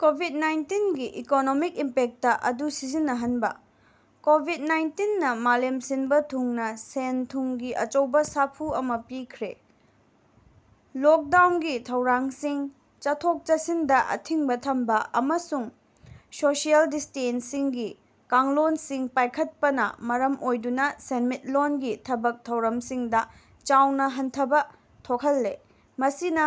ꯀꯣꯕꯤꯗ-ꯅꯥꯏꯟꯇꯤꯟꯒꯤ economic impact ꯑꯗꯨ ꯁꯝꯖꯤꯟꯅꯍꯟꯕ꯫ ꯀꯣꯕꯤꯗ-ꯅꯥꯏꯟꯇꯤꯟꯅꯥ ꯃꯥꯂꯦꯝ ꯁꯤꯟꯕ ꯊꯨꯡꯅ ꯁꯦꯟ-ꯊꯨꯝꯒꯤ ꯑꯆꯧꯕ ꯁꯥꯐꯨ ꯑꯃ ꯄꯤꯈ꯭ꯔꯦ꯫ ꯂꯣꯛꯗꯥꯎꯟꯒꯤ ꯊꯧꯔꯥꯡꯁꯤꯡ, ꯆꯠꯊꯣꯛ-ꯆꯠꯁꯤꯟꯗ ꯑꯊꯤꯡꯕ ꯊꯝꯕ, ꯑꯃꯁꯨꯡ ꯁꯣꯁꯤꯑꯦꯜ ꯗꯤꯁ꯭ꯇꯦꯟꯁꯤꯡꯒꯤ ꯀꯥꯡꯂꯣꯟꯁꯤꯡ ꯄꯥꯏꯈꯠꯄꯅ ꯃꯔꯝ ꯑꯣꯏꯗꯨꯅ ꯁꯦꯟꯃꯤꯠꯂꯣꯟꯒꯤ ꯊꯕꯛ ꯊꯧꯔꯝꯁꯤꯡꯗ ꯆꯥꯎꯅ ꯍꯟꯊꯕꯥ ꯊꯣꯛꯜꯂꯦ꯫ ꯃꯁꯤꯅ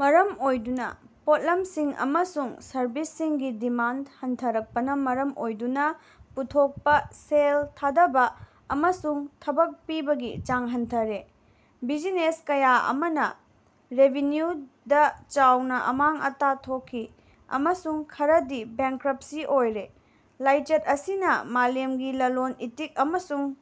ꯃꯔꯝ ꯑꯣꯏꯗꯨꯅ ꯄꯣꯠꯂꯝꯁꯤꯡ ꯑꯃꯁꯨꯡ ꯁꯔꯕꯤꯁꯁꯤꯡꯒꯤ ꯗꯤꯃꯥꯟꯗ ꯍꯟꯊꯔꯛꯄꯅ ꯃꯔꯝ ꯑꯣꯏꯗꯨꯅ ꯄꯨꯊꯣꯛꯄ, ꯁꯦꯜ ꯊꯥꯗꯕꯥ, ꯑꯃꯁꯨꯡ ꯊꯕꯛ ꯄꯤꯕꯒꯤ ꯆꯥꯡ ꯍꯟꯊꯔꯦ꯫ ꯕꯤꯖꯤꯅꯦꯁ ꯀꯌꯥ ꯑꯃꯅ ꯔꯦꯚꯤꯅ꯭ꯌꯨꯗ ꯆꯥꯎꯅ ꯑꯃꯥꯡ-ꯑꯇꯥ ꯊꯣꯛꯈꯤ, ꯑꯃꯁꯨꯡ ꯈꯔꯗꯤ ꯕꯦꯡꯀ꯭ꯔꯞꯁꯤ ꯑꯣꯏꯔꯦ꯫ ꯂꯥꯏꯆꯠ ꯑꯁꯤꯅ ꯃꯥꯂꯦꯝꯒꯤ ꯂꯂꯣꯟ-ꯏꯇꯤꯛ ꯑꯃꯁꯨꯡ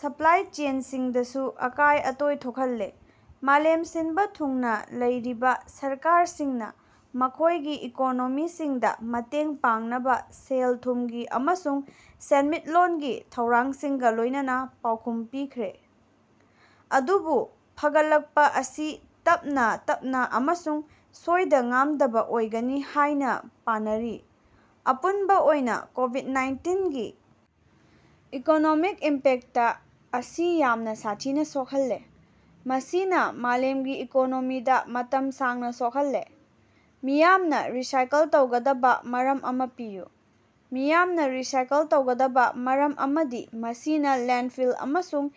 ꯁꯄ꯭ꯂꯥꯏ ꯆꯦꯟꯁꯤꯡꯗꯁꯨ ꯑꯀꯥꯏ-ꯑꯇꯣꯏ ꯊꯣꯛꯍꯜꯂꯦ꯫ ꯃꯥꯂꯦꯝ ꯁꯤꯟꯕꯥ ꯊꯨꯡꯅ ꯂꯩꯔꯤꯕ ꯁꯔꯀꯥꯔꯁꯤꯡꯅ ꯃꯈꯣꯏꯒꯤ ꯏꯀꯣꯅꯣꯃꯤꯁꯤꯡꯗ ꯃꯇꯦꯡ ꯄꯥꯡꯅꯕꯥ ꯁꯦꯜ-ꯊꯨꯝꯒꯤ ꯑꯃꯁꯨꯡ ꯁꯦꯟꯃꯤꯠꯂꯣꯟꯒꯤ ꯊꯧꯔꯥꯡꯁꯤꯡꯒ ꯂꯣꯏꯅꯅꯥ ꯄꯥꯎꯈꯨꯝ ꯄꯤꯈ꯭ꯔꯦ, ꯑꯗꯨꯕꯨ ꯐꯒꯠꯂꯛꯄ ꯑꯁꯤ ꯇꯞꯅꯥ ꯇꯞꯅꯥ ꯑꯃꯁꯨꯡ ꯁꯣꯏꯗ-ꯉꯥꯝꯗꯕ ꯑꯣꯏꯒꯅꯤ ꯍꯥꯏꯅ‌ ꯄꯥꯅꯔꯤ꯫ ꯑꯄꯨꯟꯕ ꯑꯣꯏꯅ ꯀꯣꯕꯤꯗ-ꯅꯥꯏꯟꯇꯤꯟꯒꯤ ꯏꯀꯣꯅꯣꯃꯤꯛ ꯏꯝꯄꯦꯛꯇ ꯑꯁꯤ ꯌꯥꯝꯅ ꯁꯥꯊꯤꯅ ꯁꯣꯛꯍꯜꯂꯦ, ꯃꯁꯤꯅ ꯃꯥꯂꯦꯝꯒꯤ ꯏꯀꯣꯅꯣꯃꯤꯗ ꯃꯇꯝ ꯁꯥꯡꯅ ꯁꯣꯛꯍꯜꯂꯦ꯫ ꯃꯤꯌꯥꯝꯅ ꯔꯤꯁꯥꯏꯀꯜ ꯇꯧꯒꯗꯕꯥ ꯃꯔꯝ ꯑꯃ ꯄꯤꯌꯨ꯫ ꯃꯤꯌꯥꯝꯅ ꯔꯤꯁꯥꯏꯀꯜ ꯇꯧꯒꯗꯕꯥ ꯃꯔꯝ ꯑꯃꯗꯤ ꯃꯁꯤꯅ ꯂꯦꯟꯗꯐꯤꯜ ꯑꯃꯁꯨꯡ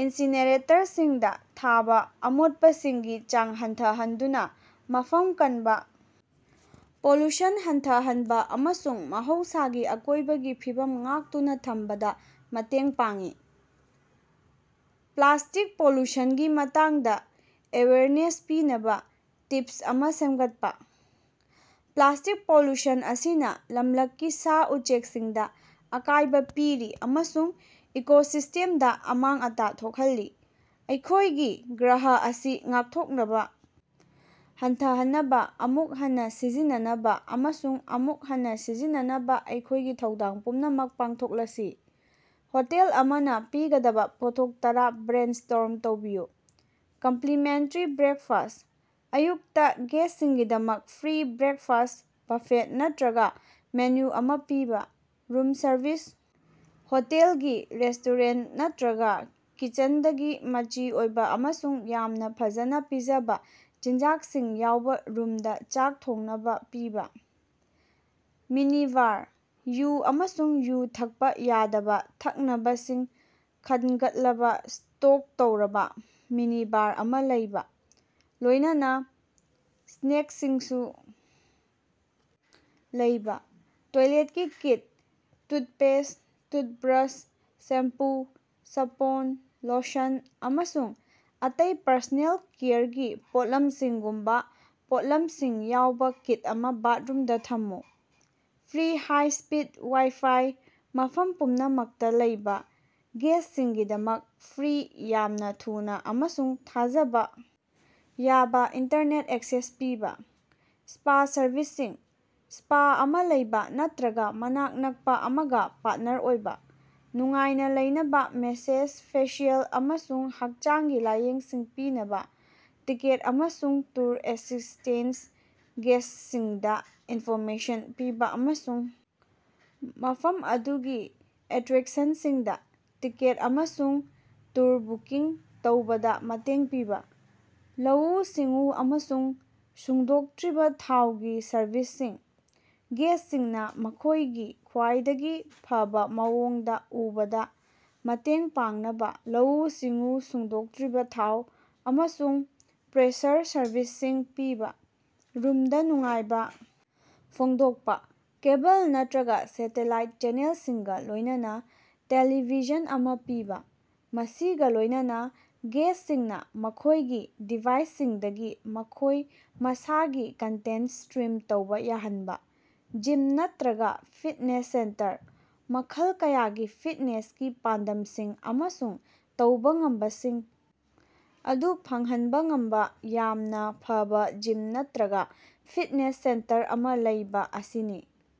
ꯏꯟꯁꯤꯅꯦꯔꯦꯇꯔꯁꯤꯡꯗ ꯊꯥꯕ ꯑꯃꯣꯠꯄꯁꯤꯡꯒꯤ ꯆꯥꯡ ꯍꯟꯊꯍꯟꯗꯨꯅ ꯃꯐꯝ ꯀꯟꯕ, ꯄꯣꯂꯨꯁꯟ ꯍꯟꯊꯍꯟꯕ ꯑꯃꯁꯨꯡ ꯃꯍꯧꯁꯥꯒꯤ ꯑꯀꯣꯏꯕꯒꯤ ꯐꯤꯕꯝ ꯉꯥꯛꯇꯨꯅ‌ ꯊꯝꯕꯗ ꯃꯇꯦꯡ ꯄꯥꯡꯏ꯫ ꯄ꯭ꯂꯥꯁꯇꯤꯛ ꯄꯣꯂꯨꯁꯟꯒꯤ ꯃꯇꯥꯡꯗ ꯑꯦꯋꯦꯌꯔꯅꯦꯁ ꯄꯤꯅꯕꯥ ꯇꯤꯞꯁ ꯑꯃ ꯁꯦꯝꯒꯠꯄ꯫ ꯄ꯭ꯂꯥꯁ꯭ꯇꯤꯛ ꯄꯣꯂꯨꯁꯟ ꯑꯁꯤꯅ ꯂꯝꯂꯛꯀꯤ ꯁꯥ-ꯎꯆꯦꯀꯁꯤꯡꯗ ꯑꯀꯥꯏꯕ‌ ꯄꯤꯔꯤ ꯑꯃꯁꯨꯡ ꯏꯀꯣꯁꯤꯁꯇꯦꯝꯗ ꯑꯃꯥꯡ-ꯑꯇꯥ ꯊꯣꯛꯍꯜꯂꯤ꯫ ꯑꯩꯈꯣꯏꯒꯤ ꯒ꯭ꯔꯍ ꯑꯁꯤ ꯉꯥꯛꯊꯣꯛꯅꯕ ꯍꯟꯊꯍꯟꯅꯕꯥ, ꯑꯃꯨꯛ ꯍꯟꯅ ꯁꯤꯖꯤꯟꯅꯅꯕꯥ ꯑꯃꯁꯨꯡ ꯑꯃꯨꯛ ꯍꯟꯅ ꯁꯤꯖꯤꯟꯅꯅꯕꯥ ꯑꯩꯈꯣꯏꯒꯤ ꯊꯧꯗꯥꯡ ꯄꯨꯝꯅꯃꯛ ꯄꯥꯡꯊꯣꯛꯂꯁꯤ꯫ ꯍꯣꯇꯦꯜ ꯑꯃꯅ ꯄꯤꯒꯗꯕꯥ ꯄꯣꯠꯊꯣꯛ ꯇꯔꯥ ꯕ꯭ꯔꯦꯟꯁ꯭ꯇꯣꯔꯝ ꯇꯧꯕꯤꯌꯨ꯫ ꯀꯝꯄ꯭ꯂꯤꯃꯦꯟꯇꯔꯤ ꯕ꯭ꯔꯦꯛꯐꯥꯁ꯭ꯠ - ꯑꯌꯨꯛꯇ ꯒꯦꯁ꯭ꯇꯁꯤꯡꯒꯤꯗꯃꯛ ꯐ꯭ꯔꯤ ꯕ꯭ꯔꯦꯛꯐꯥꯁ꯭ꯠ ꯕꯐꯦꯠ ꯅꯠꯇꯔꯒ ꯃꯦꯅꯨ ꯑꯃ ꯄꯤꯕ꯫ ꯔꯨꯝ ꯁꯔꯚꯤꯁ - ꯍꯣꯇꯦꯜꯒꯤ ꯔꯦꯁ꯭ꯇꯣꯔꯦꯟꯇ ꯅꯠꯇꯔꯒ ꯀꯤꯆꯦꯟꯗꯒꯤ ꯃꯆꯤ ꯑꯣꯏꯕ ꯑꯃꯁꯨꯡ ꯌꯥꯝꯅ ꯐꯖꯅꯥ ꯄꯤꯖꯕꯥ ꯆꯤꯟꯖꯥꯛꯁꯤꯡ ꯌꯥꯎꯕ‌ ꯔꯨꯝꯗ ꯆꯥꯛ ꯊꯣꯡꯅꯕꯥ ꯄꯤꯕ꯫ ꯃꯤꯅꯤꯕꯥꯔ - ꯌꯨ ꯑꯃꯁꯨꯡ ꯌꯨ ꯊꯛꯄ ꯌꯥꯗꯕꯥ ꯊꯛꯅꯕꯁꯤꯡ ꯈꯟꯒꯠꯂꯕꯥ ꯁ꯭ꯇꯣꯛ ꯇꯧꯔꯕ ꯃꯤꯅꯤꯕꯥꯔ ꯑꯃ ꯂꯩꯕ, ꯂꯣꯏꯅꯅꯥ ꯁ꯭ꯅꯦꯛꯁꯤꯡꯁꯨ ꯂꯩꯕ꯫ ꯇꯣꯏꯂꯦꯠꯀꯤ ꯀꯤꯠ - ꯇꯨꯠꯄꯦꯁ꯭ꯠ, ꯇꯨꯠꯕ꯭ꯔꯁ, ꯁꯦꯝꯄꯨ, ꯁꯥꯄꯣꯟ, ꯂꯣꯁꯟ, ꯑꯃꯁꯨꯡ ꯑꯇꯩ ꯄꯔꯁꯣꯅꯦꯜ ꯀꯦꯌꯔꯒꯤ ꯄꯣꯠꯂꯝꯁꯤꯡꯒꯨꯝꯕ ꯄꯣꯠꯂꯝꯁꯤꯡ ꯌꯥꯎꯕ ꯀꯤꯠ ꯑꯃ ꯕꯥꯊꯔꯨꯝꯗ ꯊꯝꯃꯨ꯫ ꯐ꯭ꯔꯤ ꯍꯥꯏ-ꯁ꯭ꯄꯤꯗ ꯋꯥꯏ-ꯐꯥꯏ - ꯃꯐꯝ ꯄꯨꯝꯅꯃꯛꯇ ꯂꯩꯕ ꯒꯦꯁ꯭ꯇꯁꯤꯡꯒꯤꯗꯃꯛ ꯐ꯭ꯔꯤ, ꯌꯥꯝꯅ ꯊꯨꯅ ꯑꯃꯁꯨꯡ ꯊꯥꯖꯕꯥ ꯌꯥꯕ ꯏꯟꯇꯔꯅꯦꯠ ꯑꯦꯛꯁꯦꯁ ꯄꯤꯕ꯫ ꯁ꯭ꯄꯥ ꯁꯔꯚꯤꯁꯁꯤꯡ - ꯁ꯭ꯄꯥ ꯑꯃ ꯂꯩꯕ ꯅꯠꯇꯔꯒ ꯃꯅꯥꯛ ꯅꯛꯄ ꯑꯃꯒ ꯄꯥꯔꯇꯅꯔ ꯑꯣꯏꯕ, ꯅꯨꯡꯉꯥꯏꯅ ꯂꯩꯅꯕ ꯃꯦꯁꯦꯖ, ꯐꯦꯁꯤꯑꯦꯜ, ꯑꯃꯁꯨꯡ ꯍꯛꯆꯥꯡꯒꯤ ꯂꯥꯌꯦꯡꯁꯤꯡ ꯄꯤꯅꯕꯥ꯫ ꯇꯤꯀꯦꯠ ꯑꯃꯁꯨꯡ ꯇꯨꯔ ꯑꯦꯁꯤꯁ꯭ꯇꯦꯟꯁ - ꯒꯦꯁ꯭ꯇꯁꯤꯡꯗ ꯏꯟꯐꯣꯔꯃꯦꯁꯟ ꯄꯤꯕ ꯑꯃꯁꯨꯡ ꯃꯐꯝ ꯑꯗꯨꯒꯤ ꯑꯦꯇꯔꯦꯛꯁꯟꯁꯤꯡꯗ‌ ꯇꯤꯀꯦꯠ ꯑꯃꯁꯨꯡ ꯇꯨꯔ ꯕꯨꯀꯤꯡ ꯇꯧꯕꯗ ꯃꯇꯦꯡ ꯄꯤꯕ꯫ ꯂꯧꯎ-ꯁꯤꯡꯎ ꯑꯃꯁꯨꯡ ꯁꯨꯡꯗꯣꯛꯇꯔꯤꯕ ꯊꯥꯎꯒꯤ ꯁꯔꯚꯤꯁꯁꯤꯡ - ꯒꯦꯁ꯭ꯇꯁꯤꯡꯅ ꯃꯈꯣꯏꯒꯤ ꯈ꯭ꯋꯥꯏꯗꯒꯤ ꯐꯕꯥ ꯃꯑꯣꯡꯗ ꯎꯕꯗꯥ ꯃꯇꯦꯡ ꯄꯥꯡꯅꯕꯥ ꯂꯧꯎ-ꯁꯤꯡꯎ, ꯁꯨꯡꯗꯣꯛꯇꯔꯤꯕ ꯊꯥꯎ, ꯑꯃꯁꯨꯡ ꯄ꯭ꯔꯦꯁꯔ ꯁꯔꯚꯤꯁꯁꯤꯡ ꯄꯤꯕ꯫ ꯔꯨꯝꯗ ꯅꯨꯡꯉꯥꯏꯕ ꯐꯣꯡꯗꯣꯛꯄ - ꯀꯦꯕꯜ ꯅꯠꯇꯔꯒ ꯁꯦꯇꯦꯂꯥꯏꯠ ꯆꯦꯅꯦꯜꯁꯤꯡꯒ ꯂꯣꯏꯅꯅ ꯇꯦꯂꯤꯚꯤꯖꯟ ꯑꯃ ꯄꯤꯕ, ꯃꯁꯤꯒ ꯂꯣꯏꯅꯅ ꯒꯦꯁ꯭ꯇꯁꯤꯡꯅ ꯃꯈꯣꯏꯒꯤ ꯗꯤꯚꯥꯏꯁꯁꯤꯡꯗꯒꯤ ꯃꯈꯣꯏ ꯃꯁꯥꯒꯤ ꯀꯟꯇꯦꯟꯇ ꯁ꯭ꯇꯔꯤꯝ ꯇꯧꯕ ꯌꯥꯍꯟꯕ꯫ ꯖꯤꯝ ꯅꯠꯇꯔꯒ ꯐꯤꯠꯅꯦꯁ ꯁꯦꯟꯇꯔ - ꯃꯈꯜ ꯀꯌꯥꯒꯤ ꯐꯤꯠꯅꯦꯁꯀꯤ ꯄꯥꯟꯗꯝꯁꯤꯡ ꯑꯃꯁꯨꯡ ꯇꯧꯕ ꯉꯝꯕꯁꯤꯡ ꯑꯗꯨ ꯐꯪꯍꯟꯕ ꯉꯝꯕ ꯌꯥꯝꯅ ꯐꯕꯥ ꯖꯤꯝ ꯅꯠꯇꯔꯒ ꯐꯤꯠꯅꯦꯁ ꯁꯦꯟꯇꯔ ꯑꯃ ꯂꯩꯕ ꯑꯁꯤꯅꯤ꯫